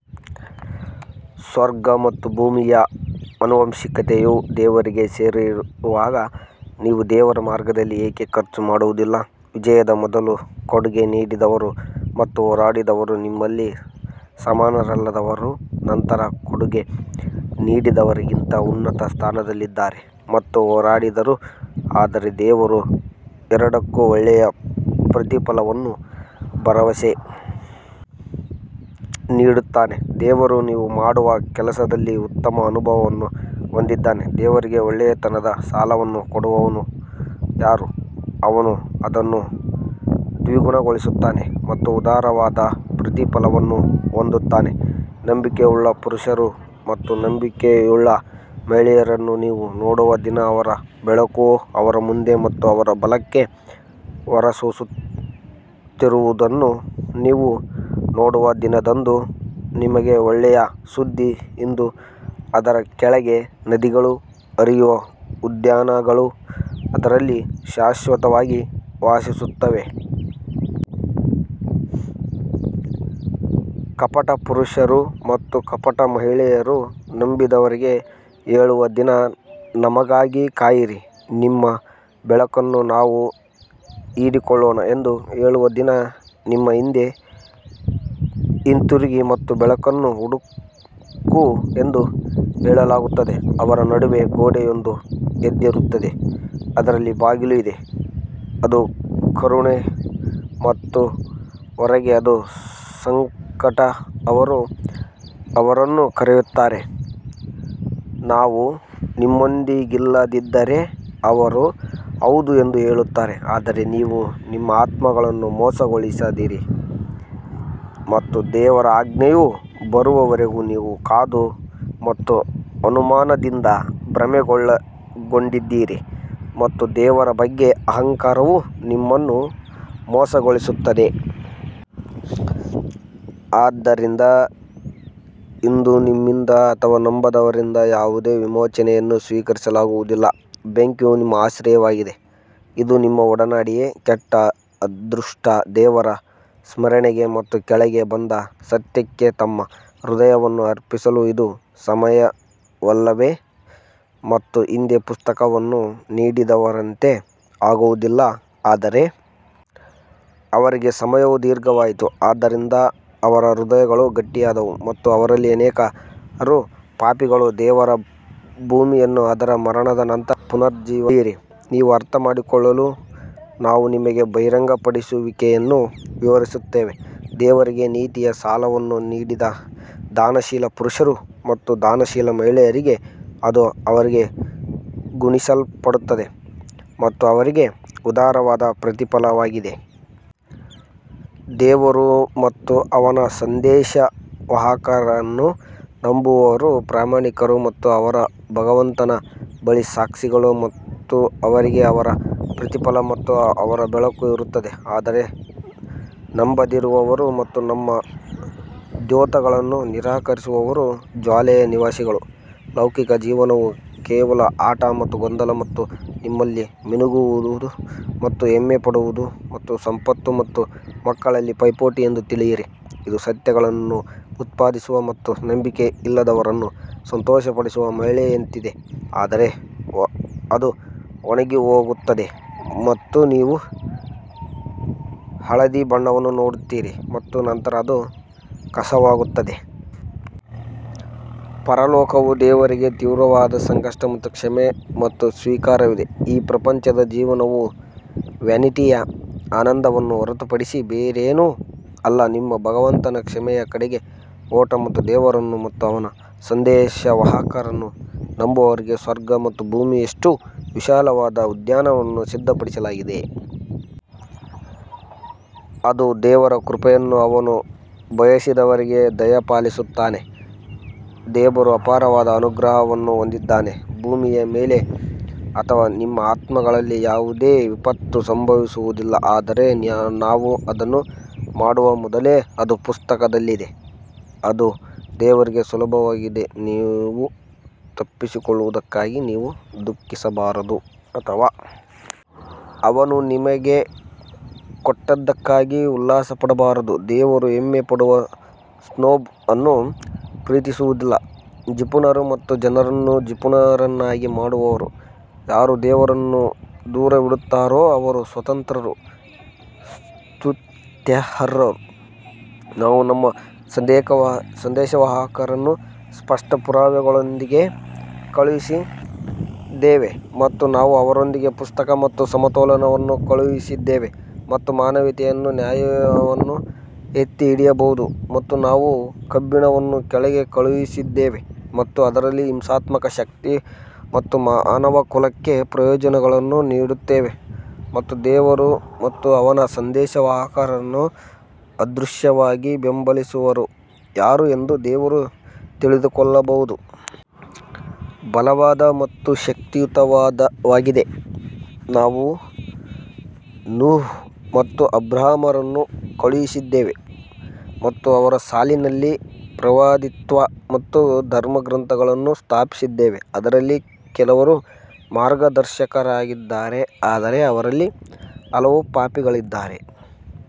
ಸ್ವರ್ಗ ಮತ್ತು ಭೂಮಿಯ ಆನುವಂಶಿಕತೆಯು ದೇವರಿಗೆ ಸೇರಿರುವಾಗ ನೀವು ದೇವರ ಮಾರ್ಗದಲ್ಲಿ ಏಕೆ ಖರ್ಚು ಮಾಡುವುದಿಲ್ಲ, ವಿಜಯದ ಮೊದಲು ಕೊಡುಗೆ ನೀಡಿದವರು ಮತ್ತು ಹೋರಾಡಿದವರು ನಿಮ್ಮಲ್ಲಿ ಸಮಾನರಲ್ಲದವರು ನಂತರ ಕೊಡುಗೆ ನೀಡಿದವರಿಗಿಂತ ಉನ್ನತ ಸ್ಥಾನದಲ್ಲಿದ್ದಾರೆ ಮತ್ತು ಹೋರಾಡಿದರು ಆದರೆ ದೇವರು ಎರಡಕ್ಕೂ ಒಳ್ಳೆಯ ಪ್ರತಿಫಲವನ್ನು ಭರವಸೆ ನೀಡುತ್ತಾನೆ ದೇವರು ನೀವು ಮಾಡುವ ಕೆಲಸದಲ್ಲಿ ಉತ್ತಮ ಅನುಭವವನ್ನು ಹೊಂದಿದ್ದಾನೆ ದೇವರಿಗೆ ಒಳ್ಳೆಯತನದ ಸಾಲವನ್ನು ಕೊಡುವವನು ಯಾರು, ಅವನು ಅದನ್ನು ದ್ವಿಗುಣಗೊಳಿಸುತ್ತಾನೆ ಮತ್ತು ಉದಾರವಾದ ಪ್ರತಿಫಲವನ್ನು ಹೊಂದುತ್ತಾನೆ ನಂಬಿಕೆಯುಳ್ಳ ಪುರುಷರು ಮತ್ತು ನಂಬಿಕೆಯುಳ್ಳ ಮಹಿಳೆಯರನ್ನು ನೀವು ನೋಡುವ ದಿನ ಅವರ ಬೆಳಕು ಅವರ ಮುಂದೆ ಮತ್ತು ಅವರ ಬಲಕ್ಕೆ ಹೊರಸೂಸುತ್ತಿರುವುದನ್ನು ನೀವು ನೋಡುವ ದಿನದಂದು ನಿಮಗೆ ಒಳ್ಳೆಯ ಸುದ್ದಿ ಇಂದು ಅದರ ಕೆಳಗೆ ನದಿಗಳು ಹರಿಯುವ ಉದ್ಯಾನಗಳು ಅದರಲ್ಲಿ ಶಾಶ್ವತವಾಗಿ ವಾಸಿಸುತ್ತವೆ. ಕಪಟ ಪುರುಷರು ಮತ್ತು ಕಪಟ ಮಹಿಳೆಯರು ನಂಬಿದವರಿಗೆ ಹೇಳುವ ದಿನ ನಮಗಾಗಿ ಕಾಯಿರಿ ನಿಮ್ಮ ಬೆಳಕನ್ನು ನಾವು ಹೀರಿಕೊಳ್ಳೋಣ ಎಂದು ಹೇಳುವ ದಿನ ನಿಮ್ಮ ಹಿಂದೆ ಹಿಂತಿರುಗಿ ಮತ್ತು ಬೆಳಕನ್ನು ಹುಡುಕು ಎಂದು ಹೇಳಲಾಗುತ್ತದೆ ಅವರ ನಡುವೆ ಗೋಡೆಯೊಂದು ಎದ್ದಿರುತ್ತದೆ ಅದರಲ್ಲಿ ಬಾಗಿಲು ಇದೆ. ಅದು ಕರುಣೆ ಮತ್ತು ಹೊರಗೆ ಅದು ಸಂಕಟ ಅವರು ಅವರನ್ನು ಕರೆಯುತ್ತಾರೆ, ನಾವು ನಿಮ್ಮೊಂದಿಗಿಲ್ಲದಿದ್ದರೆ ಅವರು ಹೌದು ಎಂದು ಹೇಳುತ್ತಾರೆ ಆದರೆ ನೀವು ನಿಮ್ಮ ಆತ್ಮಗಳನ್ನು ಮೋಸಗೊಳಿಸಿದ್ದೀರಿ ಮತ್ತು ದೇವರ ಆಜ್ಞೆಯು ಬರುವವರೆಗೂ ನೀವು ಕಾದು ಮತ್ತು ಅನುಮಾನದಿಂದ ಭ್ರಮೆಗೊಂಡಿದ್ದೀರಿ ಮತ್ತು ದೇವರ ಬಗ್ಗೆ ಅಹಂಕಾರವು ನಿಮ್ಮನ್ನು ಮೋಸಗೊಳಿಸುತ್ತದೆ. ಆದ್ದರಿಂದ ಇಂದು ನಿಮ್ಮಿಂದ ಅಥವಾ ನಂಬದವರಿಂದ ಯಾವುದೇ ವಿಮೋಚನೆಯನ್ನು ಸ್ವೀಕರಿಸಲಾಗುವುದಿಲ್ಲ, ಬೆಂಕಿಯು ನಿಮ್ಮ ಆಶ್ರಯವಾಗಿದೆ, ಇದು ನಿಮ್ಮ ಒಡನಾಡಿಯೇ ಕೆಟ್ಟ ಅದೃಷ್ಟ ದೇವರ ಸ್ಮರಣೆಗೆ ಮತ್ತು ಕೆಳಗೆ ಬಂದ ಸತ್ಯಕ್ಕೆ ತಮ್ಮ ಹೃದಯವನ್ನು ಅರ್ಪಿಸಲು ಇದು ಸಮಯವಲ್ಲವೇ ಮತ್ತು ಹಿಂದೆ ಪುಸ್ತಕವನ್ನು ನೀಡಿದವರಂತೆ ಆಗುವುದಿಲ್ಲ ಆದರೆ ಅವರಿಗೆ ಸಮಯವು ದೀರ್ಘವಾಯಿತು ಆದ್ದರಿಂದ ಅವರ ಹೃದಯಗಳು ಗಟ್ಟಿಯಾದವು ಮತ್ತು ಅವರಲ್ಲಿ ಅನೇಕರು ಪಾಪಿಗಳು ದೇವರು ಭೂಮಿಯನ್ನು ಅದರ ಮರಣದ ನಂತರ ಪುನರುಜ್ಜೀವನಗೊಳಿಸುತ್ತಾನೆ ಎಂದು ತಿಳಿಯಿರಿ, ನೀವು ಅರ್ಥಮಾಡಿಕೊಳ್ಳಲು ನಾವು ನಿಮಗೆ ಬಹಿರಂಗಪಡಿಸುವಿಕೆಯನ್ನು ವಿವರಿಸುತ್ತೇವೆ ದೇವರಿಗೆ ನೀತಿಯ ಸಾಲವನ್ನು ನೀಡಿದ ದಾನಶೀಲ ಪುರುಷರು ಮತ್ತು ದಾನಶೀಲ ಮಹಿಳೆಯರಿಗೆ ಅದು ಅವರಿಗೆ ಗುಣಿಸಲ್ಪಡುತ್ತದೆ ಮತ್ತು ಅವರಿಗೆ ಉದಾರವಾದ ಪ್ರತಿಫಲವಾಗಿದೆ. ದೇವರು ಮತ್ತು ಅವನ ಸಂದೇಶವಾಹಕರನ್ನು ನಂಬುವವರು ಪ್ರಾಮಾಣಿಕರು ಮತ್ತು ಅವರ ಭಗವಂತನ ಬಳಿ ಸಾಕ್ಷಿಗಳು ಮತ್ತು ಅವರಿಗೆ ಅವರ ಪ್ರತಿಫಲ ಮತ್ತು ಅವರ ಬೆಳಕು ಇರುತ್ತದೆ ಆದರೆ ನಂಬದಿರುವವರು ಮತ್ತು ನಮ್ಮ ದ್ಯೋತಕಗಳನ್ನು ನಿರಾಕರಿಸುವವರು ಜ್ವಾಲೆಯ ನಿವಾಸಿಗಳು. ಲೌಕಿಕ ಜೀವನವು ಕೇವಲ ಆಟ ಮತ್ತು ಗೊಂದಲ ಮತ್ತು ನಿಮ್ಮಲ್ಲಿ ಮಿನುಗುವುದು ಮತ್ತು ಹೆಮ್ಮೆಪಡುವುದು ಮತ್ತು ಸಂಪತ್ತು ಮತ್ತು ಮಕ್ಕಳಲ್ಲಿ ಪೈಪೋಟಿ ಎಂದು ತಿಳಿಯಿರಿ ಇದು ಸಸ್ಯಗಳನ್ನು ಉತ್ಪಾದಿಸುವ ಮತ್ತು ನಂಬಿಕೆಯಿಲ್ಲದವರನ್ನು ಸಂತೋಷಪಡಿಸುವ ಮಳೆಯಂತಿದೆ ಆದರೆ ಅದು ಒಣಗಿಹೋಗುತ್ತದೆ ಮತ್ತು ನೀವು ಹಳದಿ ಬಣ್ಣವನ್ನು ನೋಡುತ್ತೀರಿ ಮತ್ತು ನಂತರ ಅದು ಕಸವಾಗುತ್ತದೆ. ಪರಲೋಕವು ದೇವರಿಂದ ತೀವ್ರವಾದ ಸಂಕಟ ಮತ್ತು ಕ್ಷಮೆ ಮತ್ತು ಸ್ವೀಕಾರವಿದೆ ಈ ಪ್ರಪಂಚದ ಜೀವನವು ವ್ಯಾನಿಟಿಯ ಆನಂದವನ್ನು ಹೊರತುಪಡಿಸಿ ಬೇರೇನೂ ಅಲ್ಲ ನಿಮ್ಮ ಭಗವಂತನ ಕ್ಷಮೆಯ ಕಡೆಗೆ ಓಟ ಮತ್ತು ದೇವರನ್ನು ಮತ್ತು ಅವನ ಸಂದೇಶವಾಹಕರನ್ನು ನಂಬುವವರಿಗೆ ಸ್ವರ್ಗ ಮತ್ತು ಭೂಮಿಯಷ್ಟು ವಿಶಾಲವಾದ ಉದ್ಯಾನವನ್ನು ಸಿದ್ಧಪಡಿಸಲಾಗಿದೆ, ಅದು ದೇವರ ಕೃಪೆಯನ್ನು ಅವನು ಬಯಸಿದವರಿಗೆ ದಯಪಾಲಿಸುತ್ತಾನೆ ದೇವರು ಅಪಾರವಾದ ಅನುಗ್ರಹವನ್ನು ಹೊಂದಿದ್ದಾನೆ ಭೂಮಿಯ ಮೇಲೆ ಅಥವಾ ನಿಮ್ಮ ಆತ್ಮಗಳಲ್ಲಿ ಯಾವುದೇ ವಿಪತ್ತು ಸಂಭವಿಸುವುದಿಲ್ಲ ಆದರೆ ನಾವು ಅದನ್ನು ಮಾಡುವ ಮೊದಲೇ ಅದು ಪುಸ್ತಕದಲ್ಲಿದೆ, ಅದು ದೇವರಿಗೆ ಸುಲಭವಾಗಿದೆ ನೀವು ತಪ್ಪಿಸಿಕೊಳ್ಳುವದಕ್ಕಾಗಿ ನೀವು ದುಃಖಿಸಬಾರದು ಅಥವಾ ಅವನು ನಿಮಗೆ ಕೊಟ್ಟದ್ದಕ್ಕಾಗಿ ಉಲ್ಲಾಸಪಡಬಾರದು, ದೇವರು ಹೆಮ್ಮೆಪಡುವ ಸ್ನೋಬ್ ಅನ್ನು ಪ್ರೀತಿಸುವುದಿಲ್ಲ ಜಿಪುಣರು ಮತ್ತು ಜನರನ್ನು ಜಿಪುಣರನ್ನಾಗಿ ಮಾಡುವವರು ಯಾರು ದೇವರನ್ನು ದೂರವಿಡುತ್ತಾರೋ ಅವರು ಸ್ವತಂತ್ರರು ಸ್ತುತ್ಯರ್ಹರು ನಾವು ನಮ್ಮ ಸಂದೇಶವಾಹಕರನ್ನು ಸ್ಪಷ್ಟ ಪುರಾವೆಗಳೊಂದಿಗೆ ಕಳುಹಿಸಿದ್ದೇವೆ ಮತ್ತು ನಾವು ಅವರೊಂದಿಗೆ ಪುಸ್ತಕ ಮತ್ತು ಸಮತೋಲನವನ್ನು ಕಳುಹಿಸಿದ್ದೇವೆ ಮತ್ತು ಮಾನವೀಯತೆಯು ನ್ಯಾಯವನ್ನು ಎತ್ತಿಹಿಡಿಯಬಹುದು ಮತ್ತು ನಾವು ಕಬ್ಬಿಣವನ್ನು ಕೆಳಗೆ ಕಳುಹಿಸಿದ್ದೇವೆ ಮತ್ತು ಅದರಲ್ಲಿ ಹಿಂಸಾತ್ಮಕ ಶಕ್ತಿ ಮತ್ತು ಮಾನವಕುಲಕ್ಕೆ ಪ್ರಯೋಜನಗಳನ್ನು ನೀಡುತ್ತೇವೆ ಮತ್ತು ದೇವರು ಮತ್ತು ಅವನ ಸಂದೇಶವಾಹಕರನ್ನು ಅದೃಶ್ಯವಾಗಿ ಬೆಂಬಲಿಸುವವರು ಯಾರು ಎಂದು ದೇವರು ತಿಳಿದುಕೊಳ್ಳಬಹುದು. ಬಲವಾದ ಮತ್ತು ಶಕ್ತಿಯುತವಾಗಿದೆ ನಾವು ನೂಹ್ ಮತ್ತು ಅಬ್ರಹಾಮರನ್ನು ಕಳುಹಿಸಿದ್ದೇವೆ ಮತ್ತು ಅವರ ಸಾಲಿನಲ್ಲಿ ಪ್ರವಾದಿತ್ವ ಮತ್ತು ಧರ್ಮಗ್ರಂಥಗಳನ್ನು ಸ್ಥಾಪಿಸಿದ್ದೇವೆ ಅವರಲ್ಲಿ ಕೆಲವರು ಮಾರ್ಗದರ್ಶಕರಾಗಿದ್ದಾರೆ ಆದರೆ ಅವರಲ್ಲಿ ಹಲವರು ಪಾಪಿಗಳಾಗಿದ್ದಾರೆ.